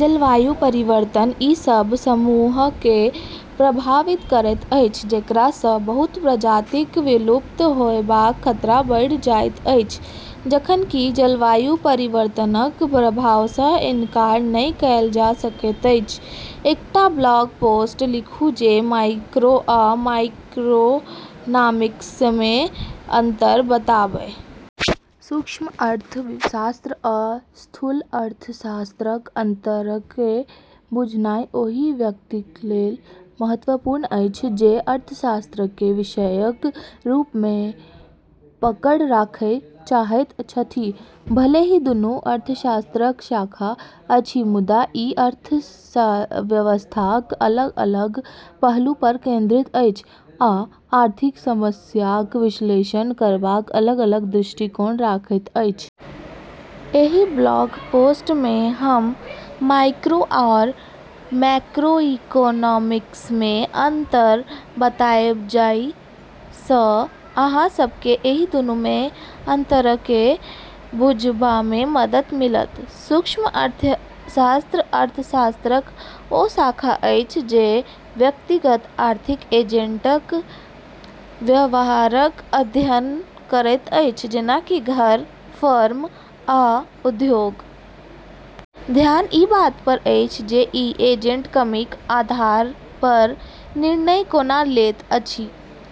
जलवायु परिवर्तन ई सभ समूहकेँ प्रभावित करैत अछि, जेकरा सँ बहुत प्रजातिक विलुप्त होयबाक खतरा बढ़ि जाइत अछि। जखन कि जलवायु परिवर्तनक प्रभाव सँ इनकार नहि कएल जा सकैत अछि। एकटा ब्लॉग पोस्ट लिखू जे माइक्रो आ मैक्रोइकोनॉमिक्समे अंतर बताबय। सूक्ष्म अर्थशास्त्र आ स्थूल अर्थशास्त्रक अंतरकेँ बुझनाइ ओहि व्यक्तिक लेल महत्वपूर्ण अछि जे अर्थशास्त्रकेँ विषयक रूपमे पकड़ राखय चाहैत छथि। भले ही दुनू अर्थशास्त्रक शाखा अछि, मुदा ई अर्थव्यवस्थाक अलग-अलग पहलू पर केंद्रित अछि आ आर्थिक समस्याक विश्लेषण करबाक अलग-अलग दृष्टिकोण राखैत अछि। एहि ब्लॉग पोस्टमे हम माइक्रो आओर मैक्रोइकोनॉमिक्समे अंतर बताएब जाहि सँ अहाँ सभकेँ एहि दुनूमे अंतरकेँ बुझबामे मदद मिलत। सूक्ष्म अर्थशास्त्र अर्थशास्त्रक ओ शाखा अछि जे व्यक्तिगत आर्थिक एजेंटक व्यवहारक अध्ययन करैत अछि, जेना कि घर, फर्म, आ उद्योग। ध्यान ई बात पर अछि जे ई एजेंट कमीक आधार पर निर्णय कोना लेत अछि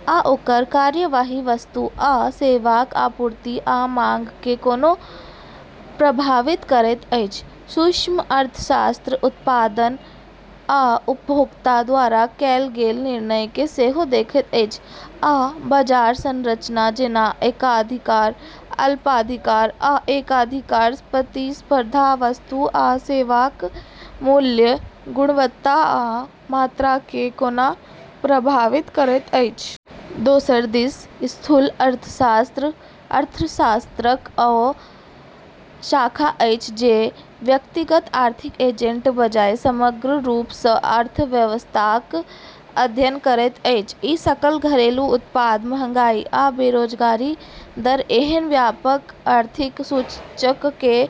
आ ओकर कार्यवाही वस्तु आ सेवाक आपूर्ति आ माँगकेँ कोना प्रभावित करैत अछि। सूक्ष्म अर्थशास्त्र उत्पादक आ उपभोक्ता द्वारा कएल गेल निर्णयकेँ सेहो देखैत अछि, आ बाजार संरचना जेना एकाधिकार, अल्पाधिकार, आ एकाधिकार प्रतिस्पर्धा वस्तु आ सेवाक मूल्य, गुणवत्ता आ मात्राकेँ कोना प्रभावित करैत अछि। दोसर दिस स्थूल अर्थशास्त्र अर्थशास्त्रक ओ शाखा अछि जे व्यक्तिगत आर्थिक एजेंटक बजाय समग्र रूप सँ अर्थव्यवस्थाक अध्ययन करैत अछि। ई सकल घरेलू उत्पाद, मँहगाई, आ बेरोजगारी दर एहन व्यापक आर्थिक सूचककेँ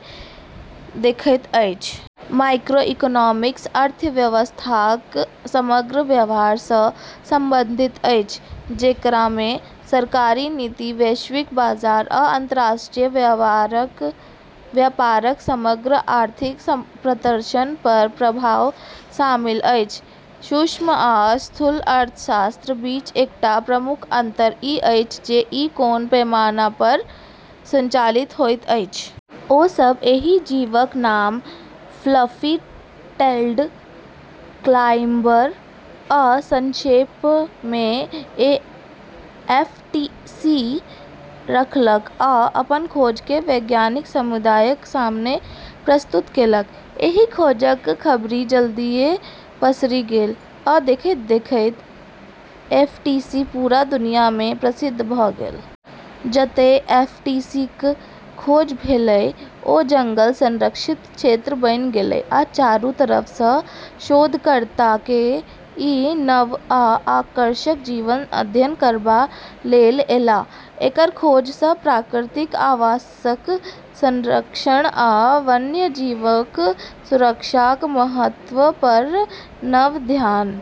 देखैत अछि। मैक्रोइकोनॉमिक्स अर्थव्यवस्थाक समग्र व्यवहार सँ संबंधित अछि, जेकरामे सरकारी नीति, वैश्विक बाजार, आ अंतर्राष्ट्रीय व्यापारक समग्र आर्थिक प्रदर्शन पर प्रभाव शामिल अछि। सूक्ष्म आ स्थूल अर्थशास्त्रक बीच एकटा प्रमुख अंतर ई अछि जे ई कोन पैमाना पर संचालित होइत अछि। ओ सभ एहि जीवक नाम "फ्लफी टेल्ड क्लाइम्बर" वा संक्षेपमे एफटीसी रखलक आ अपन खोजकेँ वैज्ञानिक समुदायक सामने प्रस्तुत केलक। एहि खोजक खबरि जल्दीए पसरि गेल, आ देखैत-देखैत एफटीसी पूरा दुनियामे प्रसिद्ध भ’ गेल। जतै एफटीसीक खोज भेलै, ओ जंगल संरक्षित क्षेत्र बनि गेलै, आ चारू तरफ सँ शोधकर्ता ई नव आ आकर्षक जीवक अध्ययन करबा लेल एलाह। एकर खोज सँ प्राकृतिक आवासक संरक्षण आ वन्यजीवक सुरक्षाक महत्व पर नव ध्यान।